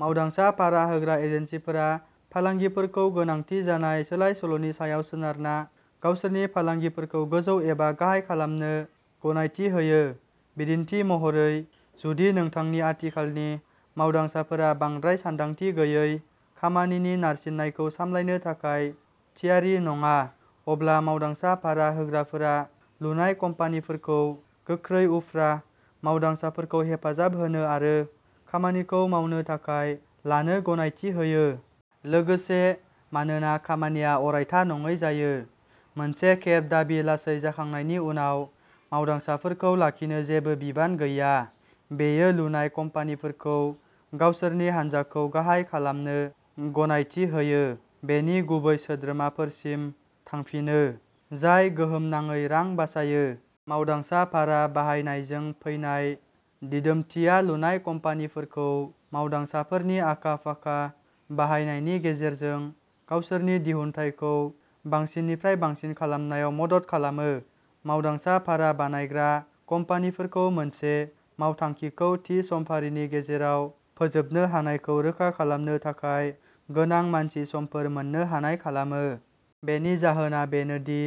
मावदांसा भारा होग्रा एजेन्सिफोरा फालांगिफोरखौ गोनांथि जानाय सोलाय-सोल'नि सायाव सोनारना गावसोरनि फालांगिफोरखौ गोजौ एबा गाहाय खालामनो गनायथि होयो। बिदिन्थि महरै, जुदि नोंथांनि आथिखालनि मावदांसाफोरा बांद्राय सानदांथि गैयै खामानिनि नारसिननायखौ सामलायनो थाखाय थियारि नङा, अब्ला मावदांसा भारा होग्राफोरा लुनाय कम्पानिफोरखौ गोख्रै उफ्रा मावदांसाफोरखौ हेफाजाब होनो आरो खामानिखौ मावनो थाखाय लानो गनायथि होयो। लोगोसे, मानोना खामानिया अरायथा नङै जायो, मोनसे खेब दाबि लासै जाखांनायनि उनाव मावदांसाफोरखौ लाखिनो जेबो बिबान गैया। बेयो लुनाय कम्पानिफोरखौ गावसोरनि हानजाखौ गाहाय खालामनो गनायथि होयो, बेनि गुबै सोद्रोमाफोरसिम थांफिनो, जाय गोहोमनाङै रां बासायो। मावदांसा भारा बाहायनायजों फैनाय दिदोमथिया लुनाय कम्पानिफोरखौ मावदांसाफोरनि आखा-फाखा बाहायनायनि गेजेरजों गावसोरनि दिहुनथायखौ बांसिननिफ्राय बांसिन खालामनायाव मदद खालामो। मावदांसा भारा बानायग्रा कम्पानिफोरखौ मोनसे मावथांखिखौ थि समफारिनि गेजेराव फोजोबनो हानायखौ रोखा खालामनो थाखाय गोनां मानसि समफोर मोन्नो हानाय खालामो। बेनि जाहोना बेनो दि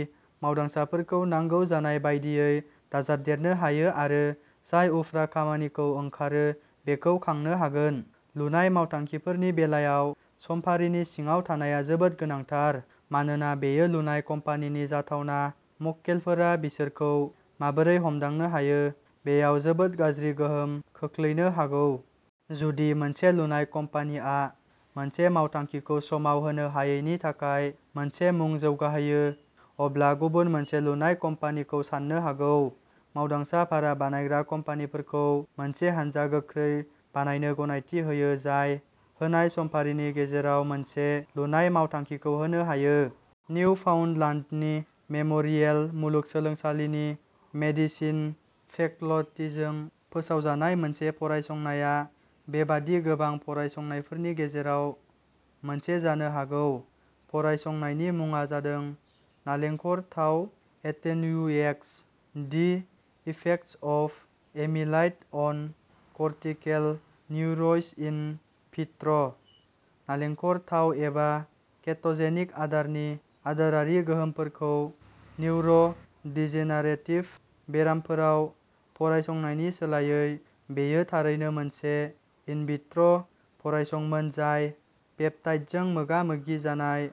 मावदांसाफोरखौ नांगौ जानाय बायदियै दाजाबदेरनो हायो आरो जाय उफ्रा खामानिखौ ओंखारो बेखौ खांनो हागोन। लुनाय मावथांखिफोरनि बेलायाव समफारिनि सिङाव थानाया जोबोद गोनांथार, मानोना बेयो लुनाय कम्पानिनि जाथावना मक्केलफोरा बिसोरखौ माबोरै हमदांनो हायो बेयाव जोबोद गाज्रि गोहोम खोख्लैनो हागौ। जुदि मोनसे लुनाय कम्पानिआ मोनसे मावथांखिखौ समाव होनो हायैनि थाखाय मोनसे मुं जौगाहोयो, अब्ला गुबुन मोनसे लुनाय कम्पानिखौ सान्नो हागौ। मावदांसा भारा बानायग्रा कम्पानिफोरखौ मोनसे हानजा गोख्रै बानायनो गनायथि होयो जाय होनाय समफारिनि गेजेराव मोनसे लुनाय मावथांखिखौ होनो हायो। निउफाउन्डलान्दनि मेम'रियेल मुलुगसोलोंसालिनि मेडिसिन फेकल्टीजों फोसावजानाय मोनसे फरायसंनाया बेबादि गोबां फरायसंनायफोरनि गेजेराव मोनसे जानो हागौ। फरायसंनायनि मुङा जादों "नालेंखर थाव attenuates the effects of amyloid on cortical neurons in vitro'". नारेंखल थाव, एबा केट'जेनिक आदारनि आदारारि गोहोमफोरखौ निउर'- डिजेनारेटिभ बेरामफोराव फरायसंनायनि सोलायै, बेयो थारैनो मोनसे इनविट्र'फरायसंमोन जाय " पेप्टाइडजों मोगा-मोगि जानाय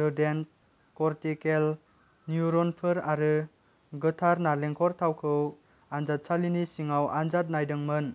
रोडेन्ट कर्टिकेल न्युरनफोर" आरो गोथार नारेंखल थावखौ आनजादसालिनि सिङाव आनजाद नायदोंमोन।